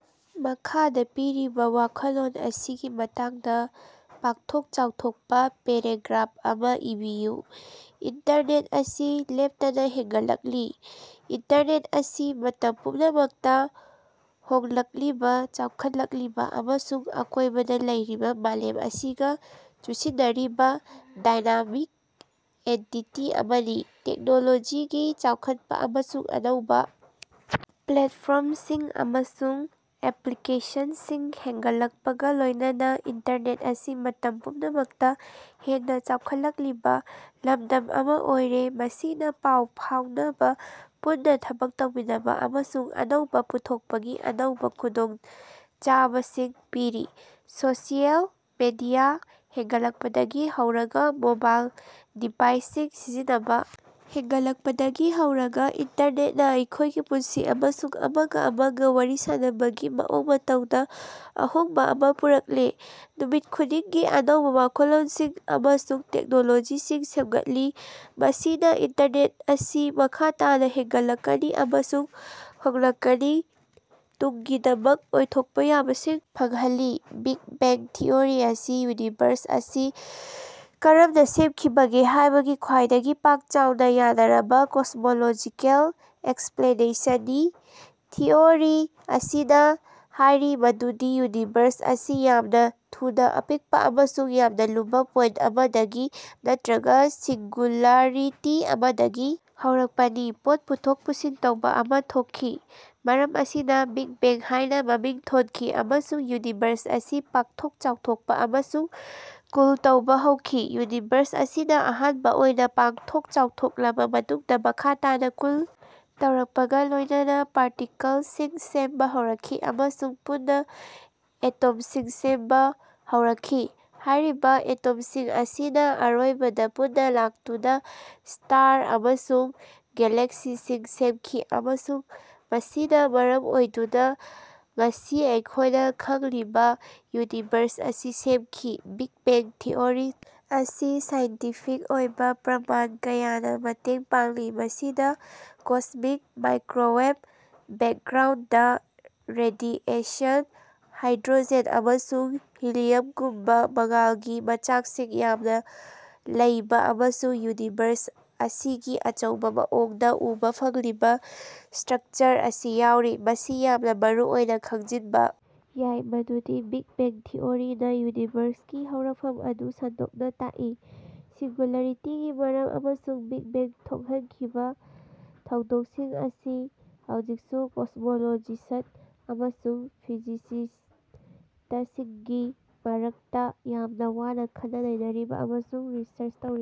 ꯃꯈꯥꯗꯥ ꯄꯤꯔꯤꯕꯥ ꯋꯥꯈꯜꯂꯣꯟ ꯑꯁꯤꯒꯤ ꯃꯇꯥꯡꯗꯥ ꯄꯥꯛꯊꯣꯛ ꯆꯥꯎꯊꯣꯛꯄꯥ ꯄꯦꯔꯥꯒ꯭ꯔꯥꯐ ꯑꯃꯥ ꯏꯕꯤꯌꯨ꯫ ꯏꯟꯇꯔꯅꯦꯠ ꯑꯁꯤ ꯂꯦꯞꯇꯅꯥ ꯍꯦꯟꯒꯠꯂꯛꯂꯤ꯫ ꯏꯟꯇꯔꯅꯦꯠ ꯑꯁꯤ ꯃꯇꯝ ꯄꯨꯝꯅꯃꯛꯇꯥ ꯍꯣꯡꯂꯛꯂꯤꯕꯥ ꯆꯥꯎꯈꯠꯂꯛꯂꯤꯕꯥ ꯑꯃꯁꯨꯡ ꯑꯀꯣꯏꯕꯗꯥ ꯂꯩꯔꯤꯕꯥ ꯃꯥꯂꯦꯝ ꯑꯁꯤꯒꯥ ꯆꯨꯁꯤꯟꯅꯔꯤꯕꯥ ꯗꯥꯏꯅꯥꯃꯤꯛ ꯑꯦꯟꯇꯤꯇꯤ ꯑꯃꯅꯤ꯫ ꯇꯦꯛꯅꯣꯂꯣꯖꯤꯒꯤ ꯆꯥꯎꯈꯠꯄꯥ ꯑꯃꯁꯨꯡ ꯑꯅꯧꯕꯥ ꯄ꯭ꯂꯦꯠꯐꯣꯔꯝꯁꯤꯡ ꯑꯃꯁꯨꯡ ꯑꯦꯄ꯭ꯂꯤꯀꯦꯁꯟꯁꯤꯡ ꯍꯦꯟꯒꯠꯂꯛꯄꯒꯥ ꯂꯣꯏꯅꯅꯥ ꯏꯟꯇꯔꯅꯦꯠ ꯑꯁꯤ ꯃꯇꯝ ꯄꯨꯝꯅꯃꯛꯇꯥ ꯍꯦꯟꯅꯥ ꯆꯥꯎꯈꯠꯂꯛꯂꯤꯕꯥ ꯂꯝꯗꯝ ꯑꯃꯥ ꯑꯣꯏꯔꯦ ꯃꯁꯤꯅꯥ ꯄꯥꯎ ꯐꯥꯎꯅꯕꯥ ꯄꯨꯟꯅꯥ ꯊꯕꯛ ꯇꯧꯃꯤꯟꯅꯕꯥ ꯑꯃꯁꯨꯡ ꯑꯅꯧꯕꯥ ꯄꯨꯊꯣꯛꯄꯒꯤ ꯑꯅꯧꯕꯥ ꯈꯨꯗꯣꯡꯆꯥꯕꯁꯤꯡ ꯄꯤꯔꯤ꯫ ꯁꯣꯁꯤꯌꯦꯜ ꯃꯤꯗꯤꯌꯥ ꯍꯦꯟꯒꯠꯂꯛꯄꯗꯒꯤ ꯍꯧꯔꯒꯥ ꯃꯣꯕꯥꯏꯜ ꯗꯤꯚꯥꯏꯁꯁꯤꯡ ꯁꯤꯖꯤꯟꯅꯕꯥ ꯍꯦꯟꯒꯠꯂꯛꯄꯗꯒꯤ ꯍꯧꯔꯒꯥ ꯏꯟꯇꯔꯅꯦꯠꯅꯥ ꯑꯩꯈꯣꯏꯒꯤ ꯄꯨꯟꯁꯤ ꯑꯃꯁꯨꯡ ꯑꯃꯒ ꯑꯃꯒ ꯋꯥꯔꯤ ꯁꯥꯅꯕꯒꯤ ꯃꯑꯣꯡ ꯃꯇꯧꯗ ꯑꯍꯣꯡꯕ ꯑꯃ ꯄꯨꯔꯛꯂꯦ꯫ ꯅꯨꯃꯤꯠ ꯈꯨꯗꯤꯡꯒꯤ ꯑꯅꯧꯕ ꯋꯥꯈꯜꯂꯣꯟꯁꯤꯡ ꯑꯃꯁꯨꯡ ꯇꯦꯛꯅꯣꯂꯣꯖꯤꯁꯤꯡ ꯁꯦꯝꯒꯠꯂꯤ꯫ ꯃꯁꯤꯅ ꯏꯟꯇꯔꯅꯦꯠ ꯑꯁꯤ ꯃꯈꯥ ꯇꯥꯅ ꯍꯦꯡꯒꯠꯂꯛꯀꯅꯤ ꯑꯃꯁꯨꯡ ꯍꯣꯡꯂꯛꯀꯅꯤ ꯇꯨꯡꯒꯤꯗꯃꯛ ꯑꯣꯏꯊꯣꯛꯄ ꯌꯥꯕꯁꯤꯡ ꯐꯪꯍꯜꯂꯤ꯫ ꯕꯤꯒ ꯕꯦꯡ ꯊꯤꯑꯣꯔꯤ ꯑꯁꯤ ꯌꯨꯅꯤꯚꯔꯁ ꯑꯁꯤ ꯀꯔꯝꯅꯥ ꯁꯦꯝꯈꯤꯕꯒꯦ ꯍꯥꯏꯕꯒꯤ ꯈ꯭ꯋꯥꯏꯗꯒꯤ ꯄꯥꯛ ꯆꯥꯎꯅꯥ ꯌꯥꯅꯔꯕꯥ ꯀꯣꯁꯃꯣꯂꯣꯖꯤꯀꯦꯜ ꯑꯦꯛꯁꯄ꯭ꯂꯦꯅꯦꯁꯟꯅꯤ꯫ ꯊꯤꯑꯣꯔꯤ ꯑꯁꯤꯅꯥ ꯍꯥꯏꯔꯤ ꯃꯗꯨꯗꯤ ꯌꯨꯅꯤꯚꯔꯁ ꯑꯁꯤ ꯌꯥꯝꯅꯥ ꯊꯨꯅꯥ ꯑꯄꯤꯛꯄꯥ ꯑꯃꯁꯨꯡ ꯌꯥꯝꯅꯥ ꯂꯨꯕꯥ ꯄꯣꯏꯟꯠ ꯑꯃꯗꯒꯤ ꯅꯠꯇ꯭ꯔꯒꯥ ꯁꯤꯡꯒꯨꯂꯥꯔꯤꯇꯤ ꯑꯃꯗꯒꯤ ꯍꯧꯔꯛꯄꯅꯤ꯫ ꯄꯣꯠ ꯄꯨꯊꯣꯛ ꯄꯨꯁꯤꯟ ꯇꯧꯕꯥ ꯑꯃꯥ ꯊꯣꯛꯈꯤ ꯃꯔꯝ ꯑꯁꯤꯅꯥ ꯕꯤꯒ ꯕꯦꯡ ꯍꯥꯏꯅꯥ ꯃꯃꯤꯡ ꯊꯣꯟꯈꯤ ꯑꯃꯁꯨꯡ ꯌꯨꯅꯤꯚꯔꯁ ꯑꯁꯤ ꯄꯥꯛꯊꯣꯛ ꯆꯥꯎꯊꯣꯛꯄꯥ ꯑꯃꯁꯨꯡ ꯀꯨꯜ ꯇꯧꯕꯥ ꯍꯧꯈꯤ꯫ ꯌꯨꯅꯤꯚꯔꯁ ꯑꯁꯤꯅꯥ ꯑꯍꯥꯟꯕꯥ ꯑꯣꯏꯅꯥ ꯄꯥꯛꯊꯣꯛ ꯆꯥꯎꯊꯣꯛꯂꯕꯥ ꯃꯇꯨꯡꯗꯥ ꯃꯈꯥ ꯇꯥꯅꯥ ꯀꯨꯜ ꯇꯧꯔꯛꯄꯒꯥ ꯂꯣꯏꯅꯅꯥ ꯄꯥꯔꯇꯤꯀꯜꯁꯤꯡ ꯁꯦꯝꯕꯥ ꯍꯧꯔꯛꯈꯤ ꯑꯃꯁꯨꯡ ꯄꯨꯟꯅꯥ ꯑꯦꯇꯣꯝꯁꯤꯡ ꯁꯦꯝꯕꯥ ꯍꯧꯔꯛꯈꯤ꯫ ꯍꯥꯏꯔꯤꯕꯥ ꯑꯦꯇꯣꯝꯁꯤꯡ ꯑꯁꯤꯅꯥ ꯑꯔꯣꯏꯕꯗꯥ ꯄꯨꯟꯅꯥ ꯂꯥꯛꯇꯨꯅꯥ ꯁ꯭ꯇꯥꯔ ꯑꯃꯁꯨꯡ ꯒꯦꯂꯦꯛꯁꯤꯁꯤꯡ ꯁꯦꯝꯈꯤ ꯑꯃꯁꯨꯡ ꯃꯁꯤꯅꯥ ꯃꯔꯝ ꯑꯣꯏꯗꯨꯅꯥ ꯉꯁꯤ ꯑꯩꯈꯣꯏꯅꯥ ꯈꯪꯂꯤꯕꯥ ꯌꯨꯅꯤꯚꯔꯁ ꯑꯁꯤ ꯁꯦꯃꯈꯤ꯫ ꯕꯤꯒ ꯕꯦꯡ ꯊꯤꯑꯣꯔꯤ ꯑꯁꯤ ꯁꯥꯏꯟꯇꯤꯐꯤꯛ ꯑꯣꯏꯕꯥ ꯄ꯭ꯔꯃꯥꯟ ꯀꯌꯥꯅꯥ ꯃꯇꯦꯡ ꯄꯥꯡꯂꯤ ꯃꯁꯤꯗꯥ cosmic microwave background radiation hydrogen ꯑꯃꯁꯨꯡ ꯍꯤꯂꯤꯌꯝꯒꯨꯝꯕꯥ ꯃꯉꯥꯜꯒꯤ ꯃꯆꯥꯛꯁꯤꯡ ꯌꯥꯝꯅꯥ ꯂꯩꯕꯥ ꯑꯃꯁꯨꯡ ꯌꯨꯅꯤꯚꯔꯁ ꯑꯁꯤꯒꯤ ꯑꯆꯧꯕꯥ ꯃꯑꯣꯡꯗꯥ ꯎꯕꯥ ꯐꯪꯂꯤꯕꯥ ꯁ꯭ꯇꯔꯛꯆꯔ ꯑꯁꯤ ꯌꯥꯎꯔꯤ꯫ ꯃꯁꯤ ꯌꯥꯝꯅꯥ ꯃꯔꯨꯑꯣꯏꯅꯥ ꯈꯪꯖꯤꯟꯕꯥ ꯌꯥꯏ ꯃꯗꯨꯗꯤ ꯕꯤꯒ ꯕꯦꯡ ꯊꯤꯑꯣꯔꯤꯅꯥ ꯌꯨꯅꯤꯚꯔꯁꯀꯤ ꯍꯧꯔꯛꯐꯝ ꯑꯗꯨ ꯁꯟꯗꯣꯛꯅꯥ ꯇꯥꯛꯏ꯫ ꯁꯤꯡꯒꯨꯂꯥꯔꯤꯇꯤꯒꯤ ꯃꯔꯝ ꯑꯃꯁꯨꯡ ꯕꯤꯒ ꯕꯦꯡ ꯊꯣꯛꯍꯟꯈꯤꯕꯥ ꯊꯧꯗꯣꯛꯁꯤꯡ ꯑꯁꯤ ꯍꯧꯖꯤꯛꯁꯨ ꯀꯣꯁ꯭ꯃꯣꯂꯣꯖꯤꯁ꯭ꯠ ꯑꯃꯁꯨꯡ ꯐꯤꯖꯤꯁꯤꯁ꯭ꯇꯁꯤꯡꯒꯤ ꯃꯔꯛꯇꯥ ꯌꯥꯝꯅꯥ ꯋꯥꯅꯥ ꯈꯟꯅ ꯅꯩꯅꯔꯤ ꯑꯃꯁꯨꯡ ꯔꯤꯁꯔꯆ ꯇꯧꯔꯤ꯫